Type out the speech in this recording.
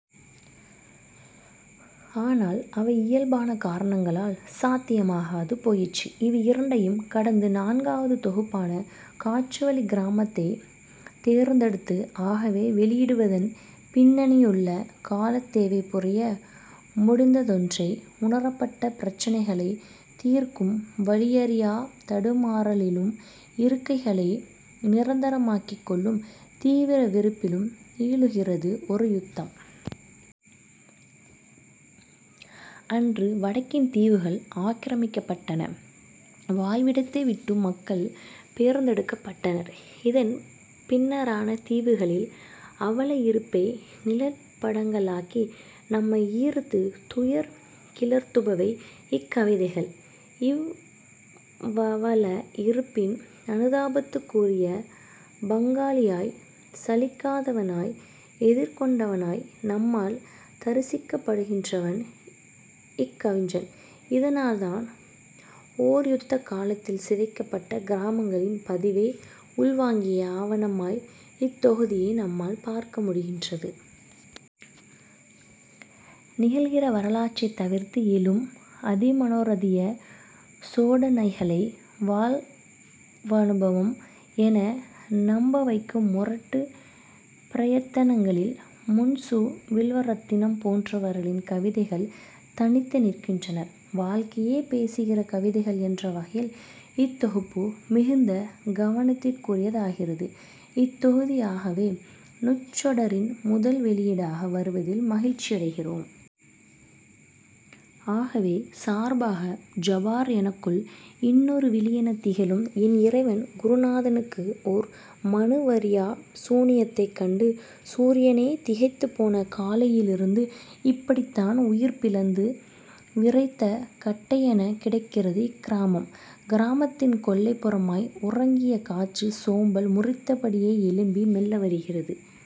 ஆனால் அவை இயல்பான காரணங்களால் சாத்தியமாகாது போயிற்று. இவை இரண்டையும் கடந்து நான்காவது தொகுப்பான "காற்றுவழிக் கிராமத்தை" தேர்ந்தெடுத்து "ஆகவே" வெளியிடுவதன் பின்னணியிலுள்ள காலத்தேவை புரிய முடிந்ததொன்றே. உணரப்பட்ட பிரச்சினைகளைத் தீர்க்கும் வழியறியாத் தடுமாறலிலும் இருக்கைகளை நிரந்தரமாக்கிக் கொள்ளும் தீவிர விருப்பிலும் நீளுகிறது ஒரு யுத்தம். அன்று வடக்கின் தீவுகள் ஆக்கிரமிக்கப்பட்டன. வாழ்விடத்தை விட்டும் மக்கள் பெயர்த்தெடுக்கப்பட்டனர். இதன் பின்னரான தீவுகளின் அவல இருப்பை நிழற் படங்களாக்கி நம்மை ஈர்த்து துயர் கிளர்த்துபவை இக்கவிதைகள். இவ்வவல இருப்பின் அனுதாபத்துக்குரிய பங்காளியாய், சலிக்காதவனாய், எதிர்கொண்டவனாய் நம்மால் தரிசிக்கப்படுகிறவன் இக்கவிஞன். இதனால் தான் ஓர் யுத்தகாலத்தில் சிதைக்கப்பட்ட கிராமங்களின் பதிவை உள்வாங்கிய ஆவணமாய் இத்தொகுதியை நம்மால் பார்க்க முடிகின்றது. நிகழ்கிற வரலாற்றைத் தவிர்த்து எழும் அதிமனோரதிய சோடனைகளே வாழ்வனுபவம் என நம்பவைக்கும் முரட்டுப் பிரயத்தனங்களின் முன் சு. வில்வரெத்தினம் போன்றவர்களின் கவிதைகள் தனித்து நிற்கின்றன. வாழ்க்கையைப் பேசுகிற கவிதைகள் என்ற வகையில் இத்தொகுப்பு மிகுந்த கவனத்திற்குரியதாகிறது. இத்தொகுதி 'ஆகவே' நூற்றொடரின் முதல் வெளியீடாக வருவதில் மகிழ்ச்சியடைகிறோம். 'ஆகவே' சார்பாக, ஜபார். எனக்குள் இன்னொரு விழியெனத் திகழும் என் இறைவன் குருநாதனுக்கு ஒரு மனுவறியாச் சூனியத்தைக் கண்டு சூரியனே திகைத்துப் போன காலையிலிருந்து இப்படித்தான் உயிர்ப்பிழந்து விறைத்த கட்டையெனக் கிடக்கிறது இக்கிராமம். கிராமத்தின் கொல்லைப் புறமாய் உறங்கிய காற்று சோம்பல் முறித்தபடியே எழும்பி மெல்ல வருகிறது.